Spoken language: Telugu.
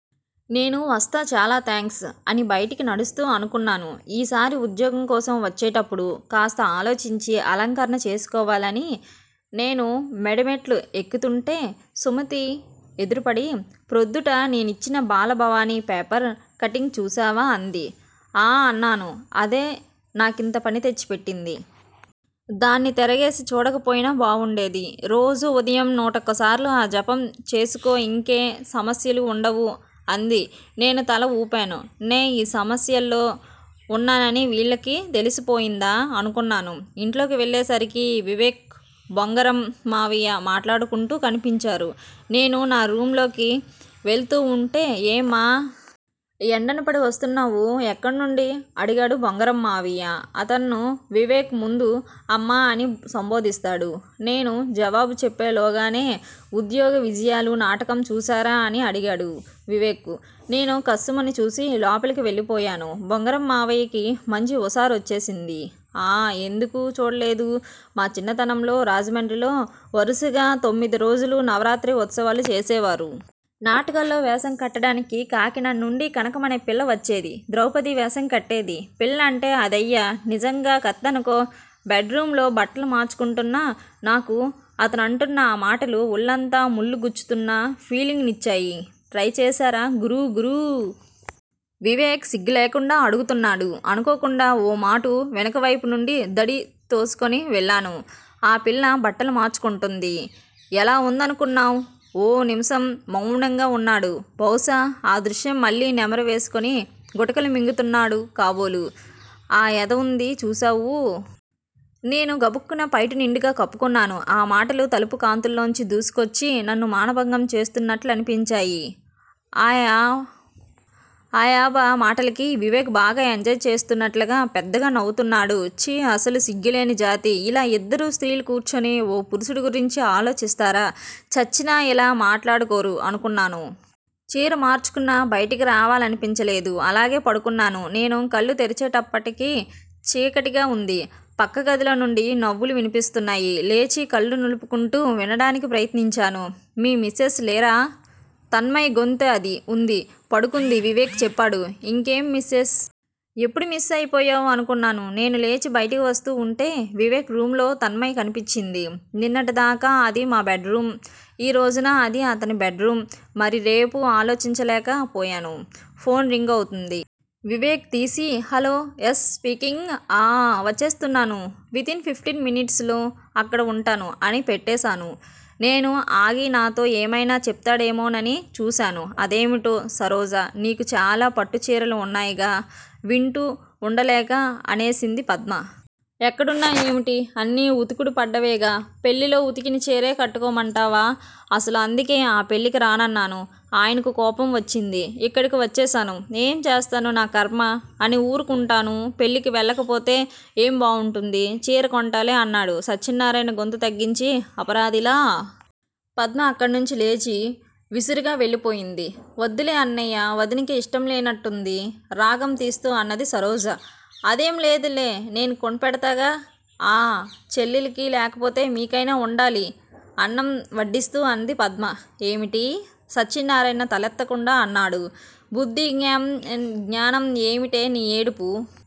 నేను వస్తా చాలా థాంక్స్! అని బయటికి నడుస్తూ అనుకున్నాను, ఈ సారి ఉద్యోగం కోసం వచ్చేటప్పుడు కాస్త ఆలోచించి అలంకరణ చేసుకోవాలని! నేను మేడమెట్లు ఎక్కుతుంటే సుమతి ఎదురుపడి- ప్రొద్దుట నేనిచ్చిన బాల భావనీ పేపర్ కట్టింగ్ చూశావా? అంది. ఆఁ! అన్నాను అదే నాకింత పని తెచ్చి పెట్టింది. దాన్ని తెరగేసి చూడకపోయినా బావుండేది! రోజూ ఉదయం నూటొక్కసార్లు ఆ జపం చేసుకో ఇంకే సమస్యలూ వుండవు! అంది. నేను తల ఊపాను. న్నె ఈ సమస్యల్లో వున్నానని వీళ్ళకి తెలిసిపోయిందా? అనుకున్నాను. ఇంట్లోకి వెళ్ళేసరికి వివేక్, బొంగరం మావయ్యా మాట్లాడుకుంటూ కనిపించారు. నేను నా రూమ్ లోకి వెళ్తూవుంటే- ఏమ్మా! ఎండనపడి వస్తున్నావు? ఎక్కడి నుండీ? అడిగాడు బొంగరంమావయ్య. అతను వివేక్ ముందు 'అమ్మా' అని సంబోధిస్తాడు. నేను జవాబు చెప్పేలోగానే- ఉద్యోగ విజయాలు నాటకం చూశారా? అని అడిగాడు వివేక్. నేను కస్సుమని చూసి లోపలికి వెళ్ళిపోయాను. బొంగరం మావయ్యకి మంచి ఉషారోచ్చేసింది. ఆఁ! ఎందుకు చూడలేదూ మా చిన్నతనంలో రాజమండ్రిలో వరసగా తొమ్మిదిరోజులూ నవరాత్రి ఉత్సవాలు చేసేవారు. నాటకాల్లో వేషం కట్టడానికి కాకినాడ నుండి 'కనకం' అనే పిల్ల వచ్చేది ద్రౌపది వేషం కట్టేది. పిల్లంటే అదయ్యా! నిజంగా కత్తేననుకో! బెడ్ రూమ్ లో బట్టలు మార్చుకుంటున్నా నాకు అతనంటున్న ఆ మాటలు ఒళ్ళంతా ముళ్ళు గుచ్చుతున్న ఫీలింగ్ నిచ్చాయి! ట్రై చేశారా గురూగారూ? వివేక్ సిగ్గులేకుండా అడుగుతున్నాడు. అనుకోకుండా ఓ మాటు వెనకవైపు నుండి దడి తోసుకుని వెళ్ళాను. ఆ పిల్ల బట్టలు మార్చుకుంటోంది. ఎలా వుందనుకున్నావ్? ఓ నిమిషం మౌనంగా వున్నాడు. బహుశా ఆ దృశ్యం మళ్ళీ నెమరేసుకుని గుటకలు మింగుతున్నాడు కాబోలు! ఆ ఎద వుంది చూశావూ? నేను గబుక్కున పైట నిండుగా కప్పుకున్నాను. ఆ మాటలు తలుపు కంతల్లోంచి దూరోచ్చి నన్ను మానభంగం చేస్తున్నట్లనిపించాయి! ఆయబ మాటలకి వివేక్ బాగా ఎంజాయ్ చేస్తున్నట్లుగా పెద్దగా నవ్వుతున్నాడు. 'ఛీ! అస్సలు సిగ్గులేని జాతి ఇలా ఇద్దరు స్త్రీలు కూర్చుని ఓపురుషుడిగురించి ఆలోచిస్తారా? చచ్చినా ఇలా మాట్లాడుకోరు' అనుకున్నాను. చీర మార్చుకున్నా బయటికి రావాలనిపించలేదు అలాగే పడుకున్నాను. నేను కళ్ళు తెరిచేటప్పటికి చీకటిగా వుంది! పక్క గదిలో నుండి నవ్వులు వినిపిస్తున్నాయి. లేచి కళ్లు నులువుకుంటూ వినడానికి ప్రయత్నించాను. మీ మిసెస్ లేరా? తన్మయి గొంతే అది ఉంది పడుకుంది వివేక్ చెప్పాడు. ఇంకేం మిసెస్? ఎప్పుడో మిస్ అయిపోయాం! అనుకున్నాను! నేను లేచి బయటికి వస్తూ వుంటే వివేక్ రూమ్ లో తన్మయి కనిపించింది. నిన్నటి దాకా అది మా బెడ్ రూమ్ ఈ రోజున అది అతని బెడ్ రూమ్ మరి రేపూ? ఆలోచించలేక పోయాను. ఫోన్ రింగ్ అవుతోంది. వివేక్ తీసి- హలో ఎస్ స్పీకింగ్ ఆఁ వచ్చేస్తున్నాను వితిన్ ఫిఫ్టిన్ మినిట్స్ లో అక్కడ వుంటాను అని పెట్టేశాను. నేను ఆగి నాతో ఏమైనా చెప్తాడేమోనని చూశాను. అదేమిటి సరోజా! నీకు చాలా పట్టు చీరలు వున్నాయ్ గా! వింటూ ఉండలేక అనేసింది పద్మ! ఎక్కడున్నా యేమిటి? అన్నీ ఉతుకుడు పడ్డవేగా? పెళ్ళిలో ఉతికిన చీరే కట్టుకోమంటావా? అసలు అందుకే ఆ పెళ్ళికి రానన్నాను. ఆయనకు కోపం వచ్చింది. ఇక్కడకు వచ్చేశాను. ఎం చేస్తాను? నా కర్మ అని ఊరుకుంటాను పెళ్ళికి వెళ్ళకపోతే ఏం బాగుంటుందీ? చీర కోంటాలే అన్నాడు సత్యనారాయణ గొంతు తగ్గించి అపరాదిలా. పద్మ అక్కడనుంచి లేచి విసురుగా వెళ్ళిపోయింది. వద్దులే అన్నయ్యా! వదినకు యిష్టం లేనట్టుంది రాగం తీస్తూ అన్నది సరోజ. అదేం లేదులే. నేను కొనిపెడ్తాగా? ఆ చెల్లెలికి లేకపోతే మీకైణా వుండాలి అన్నం వడ్డిస్తూ అన్నది పద్మ. ఏమిటి? సత్యనారాయణ తలెత్తకుండా అన్నాడు. బుద్ధి జ్ఞానం! ఏమిటే నీ ఏడుపు?